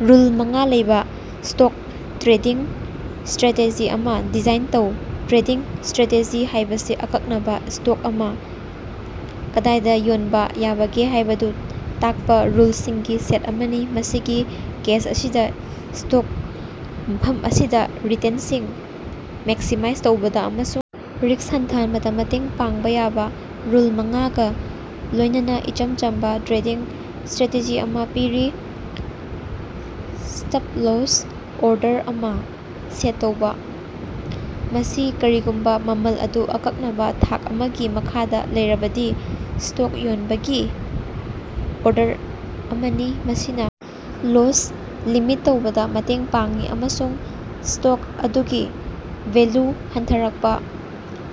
Rule ꯃꯉꯥ ꯂꯩꯕꯥ stock trading strategy ꯑꯃꯥ ꯗꯤꯖꯥꯏꯟ ꯇꯧ꯫ ꯇ꯭ꯔꯦꯗꯤꯡ ꯁ꯭ꯇꯔꯦꯇꯦꯖꯤ ꯍꯥꯏꯕꯁꯤ ꯑꯀꯛꯅꯕꯥ ꯁ꯭ꯇꯣꯛ ꯑꯃꯥ ꯀꯗꯥꯏꯗꯥ ꯌꯣꯟꯕꯥ ꯌꯥꯕꯒꯦ ꯍꯥꯏꯕꯗꯨ ꯇꯥꯛꯄꯥ ꯔꯨꯜꯁꯤꯡꯒꯤ ꯁꯦꯠ ꯑꯃꯅꯤ, ꯃꯁꯤꯒꯤ ꯀꯦꯁ ꯑꯁꯤꯗꯥ, ꯁ꯭ꯇꯣꯛ ꯃꯐꯝ ꯑꯁꯤꯗꯥ ꯔꯤꯇꯦꯟꯁꯤꯡ ꯃꯦꯛꯁꯤꯃꯥꯏꯖ ꯇꯧꯕꯗꯥ ꯑꯃꯁꯨꯡ ꯔꯤꯛꯁ ꯍꯟꯊꯍꯟꯕꯗꯥ ꯃꯇꯦꯡ ꯄꯥꯡꯕꯥ ꯌꯥꯕꯥ ꯔꯨꯜ ꯃꯉꯥꯒꯥ ꯂꯣꯏꯅꯅꯥ ꯏꯆꯝ ꯆꯝꯕꯥ ꯇ꯭ꯔꯦꯗꯤꯡ ꯁ꯭ꯇꯔꯦꯇꯦꯖꯤ ꯑꯃꯥ ꯄꯤꯔꯤ꯫ ꯁ꯭ꯇꯞ-ꯂꯣꯁ ꯑꯣꯔꯗꯔ ꯑꯃꯥ ꯁꯦꯠ ꯇꯧꯕꯥ: ꯃꯁꯤ ꯀꯔꯤꯒꯨꯝꯕꯥ ꯃꯃꯜ ꯑꯗꯨ ꯑꯀꯛꯅꯕꯥ ꯊꯥꯛ ꯑꯃꯒꯤ ꯃꯈꯥꯗꯥ ꯂꯩꯔꯕꯗꯤ ꯁ꯭ꯇꯣꯛ ꯌꯣꯟꯕꯥꯒꯤ ꯑꯣꯔꯗꯔ ꯑꯃꯅꯤ꯫ ꯃꯁꯤꯅꯥ ꯂꯣꯁ ꯂꯤꯃꯤꯠ ꯇꯧꯕꯗꯥ ꯃꯇꯦꯡ ꯄꯥꯡꯏ ꯑꯃꯁꯨꯡ ꯁ꯭ꯇꯣꯛ ꯑꯗꯨꯒꯤ ꯚꯦꯜꯂꯨ ꯍꯟꯊꯔꯛꯄꯥ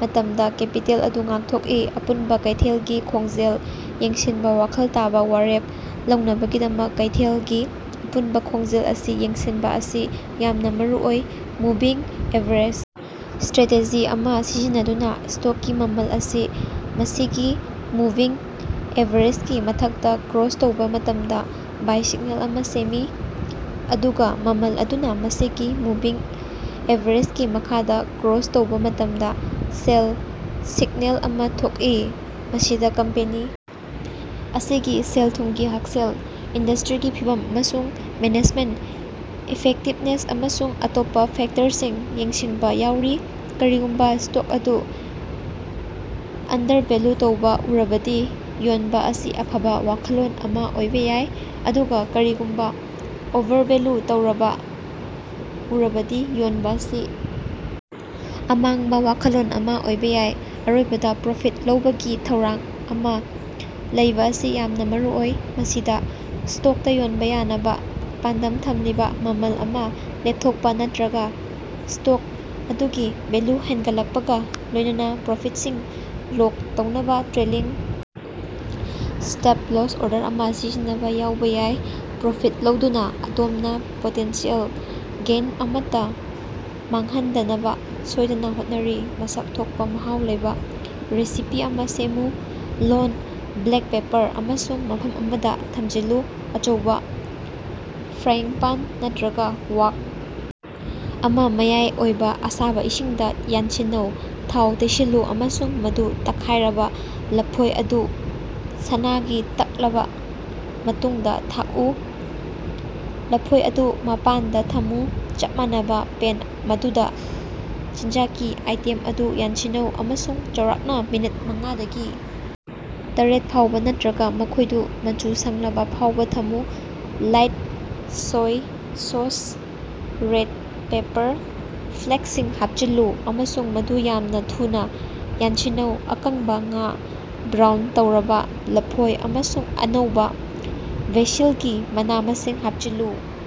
ꯃꯇꯝꯗꯥ ꯀꯦꯄꯤꯇꯦꯜ ꯑꯗꯨ ꯉꯥꯛꯊꯣꯛꯏ꯫ ꯑꯄꯨꯟꯕꯥ ꯀꯩꯊꯦꯜꯒꯤ ꯈꯣꯡꯖꯦꯜ ꯌꯦꯡꯁꯤꯟꯕꯥ: ꯋꯥꯈꯜ ꯇꯥꯕꯥ ꯋꯥꯔꯦꯞ ꯂꯧꯅꯕꯒꯤꯗꯃꯛ ꯀꯩꯊꯦꯜ ꯒꯤ ꯑꯄꯨꯟꯕꯥ ꯈꯣꯡꯖꯦꯜ ꯑꯁꯤ ꯌꯦꯡꯁꯤꯟꯕꯥ ꯑꯁꯤ ꯌꯥꯝꯅꯥ ꯃꯔꯨꯑꯣꯏ꯫ ꯃꯨꯚꯤꯡ ꯑꯦꯚꯔꯦꯖ ꯁ꯭ꯇꯔꯦꯇꯦꯖꯤ ꯑꯃꯥ ꯁꯤꯖꯤꯟꯅꯗꯨꯅꯥ ꯁ꯭ꯇꯣꯛꯀꯤ ꯃꯃꯜ ꯑꯁꯤ ꯃꯁꯤꯒꯤ ꯃꯨꯚꯤꯡ ꯑꯦꯚꯔꯦꯖꯒꯤ ꯃꯊꯛꯇꯥ ꯀ꯭ꯔꯣꯁ ꯇꯧꯕꯥ ꯃꯇꯝꯗꯥ ꯕꯥꯏ ꯁꯤꯛꯅꯦꯜ ꯑꯃꯥ ꯁꯦꯝꯃꯤ, ꯑꯗꯨꯒꯥ ꯃꯃꯜ ꯑꯗꯨꯅꯥ ꯃꯁꯤꯒꯤ ꯃꯨꯚꯤꯡ ꯑꯦꯚꯔꯦꯖꯒꯤ ꯃꯈꯥꯗꯥ ꯀ꯭ꯔꯣꯁ ꯇꯧꯕꯥ ꯃꯇꯝꯗꯥ ꯁꯦꯜ ꯁꯤꯛꯅꯦꯜ ꯑꯃꯥ ꯊꯣꯛꯏ꯫ ꯃꯁꯤꯗꯥ ꯀꯝꯄꯦꯅꯤ ꯑꯁꯤꯒꯤ ꯁꯦꯜ-ꯊꯨꯝꯒꯤ ꯍꯛꯁꯦꯜ, ꯏꯟꯗꯁꯇ꯭ꯔꯤꯒꯤ ꯐꯤꯚꯝ ꯑꯃꯁꯨꯡ ꯃꯦꯅꯦꯖꯃꯦꯟꯇ ꯏꯐꯦꯛꯇꯤꯕꯅꯦꯁ, ꯑꯃꯁꯨꯡ ꯑꯇꯣꯞꯄꯥ ꯐꯦꯛꯇꯔꯁꯤꯡ ꯌꯦꯡꯁꯤꯟꯕꯥ ꯌꯥꯎꯔꯤ꯫ ꯀꯔꯤꯒꯨꯝꯕꯥ ꯁ꯭ꯇꯣꯛ ꯑꯗꯨ ꯑꯟꯗꯔꯚꯦꯂꯨ ꯇꯧꯕꯥ ꯎꯔꯕꯗꯤ ꯌꯣꯟꯕꯥ ꯑꯁꯤ ꯑꯐꯕꯥ ꯋꯥꯈꯜꯂꯣꯟ ꯑꯃꯥ ꯑꯣꯏꯕꯥ ꯌꯥꯏ, ꯑꯗꯨꯒꯥ ꯀꯔꯤꯒꯨꯝꯕꯥ ꯑꯣꯚꯔꯚꯦꯂꯨ ꯇꯧꯔꯕꯥ ꯎꯔꯕꯗꯤ ꯌꯣꯟꯕꯥ ꯑꯁꯤ ꯑꯃꯥꯡꯕ ꯋꯥꯈꯜꯂꯣꯟ ꯑꯃꯥ ꯑꯣꯏꯕꯥ ꯌꯥꯏ꯫ ꯑꯔꯣꯏꯕꯗꯥ, ꯄ꯭ꯔꯣꯐꯤꯠ ꯂꯧꯕꯒꯤ ꯊꯧꯔꯥꯡ ꯑꯃꯥ ꯂꯩꯕꯥ ꯑꯁꯤ ꯌꯥꯝꯅꯥ ꯃꯔꯨꯑꯣꯏ꯫ ꯃꯁꯤꯗꯥ ꯁ꯭ꯇꯣꯛꯇꯥ ꯌꯣꯟꯕꯥ ꯌꯥꯅꯕꯥ ꯄꯥꯟꯗꯝ ꯊꯝꯂꯤꯕꯥ ꯃꯃꯜ ꯑꯃꯥ ꯂꯦꯞꯊꯣꯛꯄꯥ, ꯅꯠꯇ꯭ꯔꯒꯥ ꯁ꯭ꯇꯣꯛ ꯑꯗꯨꯒꯤ ꯚꯦꯂꯨ ꯍꯦꯟꯒꯠꯂꯛꯄꯒꯥ ꯂꯣꯏꯅꯅꯥ ꯄ꯭ꯔꯣꯐꯤꯠꯁꯤꯡ ꯂꯣꯛ ꯇꯧꯅꯕꯥ ꯇ꯭ꯔꯦꯂꯤꯡ ꯁ꯭ꯇꯞ-ꯂꯣꯁ ꯑꯣꯔꯗꯔ ꯑꯃꯥ ꯁꯤꯖꯤꯟꯅꯕꯥ ꯌꯥꯎꯕꯥ ꯌꯥꯏ꯫ ꯄ꯭ꯔꯣꯐꯤꯠ ꯂꯧꯗꯨꯅꯥ ꯑꯗꯣꯝꯅꯥ ꯄꯣꯇꯦꯟꯁꯤꯌꯦꯜ ꯒꯦꯏꯟ ꯑꯃꯠꯇꯥ ꯃꯥꯡꯍꯟꯗꯅꯕꯥ ꯁꯣꯏꯗꯅꯥ ꯍꯣꯠꯅꯔꯤ꯫ ꯃꯁꯛ ꯊꯣꯛꯄꯥ ꯃꯍꯥꯎ ꯂꯩꯕꯥ ꯔꯦꯁꯤꯄꯤ ꯑꯃꯥ ꯁꯦꯝꯃꯨ꯫ ꯂꯣꯟ, ꯕ꯭ꯂꯦꯛ ꯄꯦꯄꯔ ꯑꯃꯁꯨꯡ ꯃꯐꯝ ꯑꯃꯗꯥ ꯊꯝꯖꯤꯜꯂꯨ꯫ ꯑꯆꯧꯕꯥ ꯐ꯭ꯔꯥꯏꯌꯤꯡꯄꯥꯟ ꯅꯠꯇ꯭ꯔꯒꯥ ꯋꯥꯛ ꯑꯃꯥ ꯃꯌꯥꯏ ꯑꯣꯏꯕꯥ ꯑꯁꯥꯕꯥ ꯏꯁꯤꯡꯗꯥ ꯌꯥꯟꯁꯤꯟꯅꯧ, ꯊꯥꯎ ꯇꯩꯁꯤꯜꯂꯨ ꯑꯃꯁꯨꯡ ꯃꯗꯨ ꯇꯛꯈꯥꯏꯔꯕꯥ ꯂꯐꯣꯏ ꯑꯗꯨ ꯁꯅꯥꯒꯤ ꯇꯛꯂꯕꯥ ꯃꯇꯨꯡꯗꯥ ꯊꯥꯛꯎ꯫ ꯂꯐꯣꯏ ꯑꯗꯨ ꯃꯄꯥꯟꯗꯥ ꯊꯝꯃꯨ꯫ ꯆꯞ ꯃꯥꯟꯅꯕꯥ ꯄꯦꯟ ꯃꯗꯨꯗꯥ, ꯆꯤꯟꯖꯥꯛꯀꯤ ꯑꯥꯏꯇꯦꯝ ꯑꯗꯨ ꯌꯥꯟꯁꯤꯟꯅꯧ ꯑꯃꯁꯨꯡ ꯆꯥꯎꯔꯥꯛꯅꯥ ꯃꯤꯅꯠ ꯃꯉꯥꯗꯒꯤ ꯇꯔꯦꯠ ꯐꯥꯎꯕꯥ ꯅꯠꯇ꯭ꯔꯒꯥ ꯃꯈꯣꯏꯗꯨ ꯃꯆꯨ ꯁꯪꯂꯕꯥ ꯐꯥꯎꯕꯥ ꯊꯝꯃꯨ꯫ Light soy sauce, red pepper ꯐ꯭ꯂꯦꯛꯁꯤꯡ ꯍꯥꯞꯆꯤꯜꯂꯨ ꯑꯃꯁꯨꯡ ꯃꯗꯨ ꯌꯥꯝꯅꯥ ꯊꯨꯅꯥ ꯌꯥꯟꯁꯤꯟꯅꯧ꯫ ꯑꯀꯪꯕꯥ ꯉꯥ, ꯕ꯭ꯔꯥꯎꯟ ꯇꯧꯔꯕꯥ ꯂꯐꯣꯏ ꯑꯃꯁꯨꯡ ꯑꯅꯧꯕꯥ ꯕꯦꯁꯤꯜꯒꯤ ꯃꯅꯥ-ꯃꯁꯤꯡ ꯍꯥꯞꯆꯤꯜꯂꯨ꯫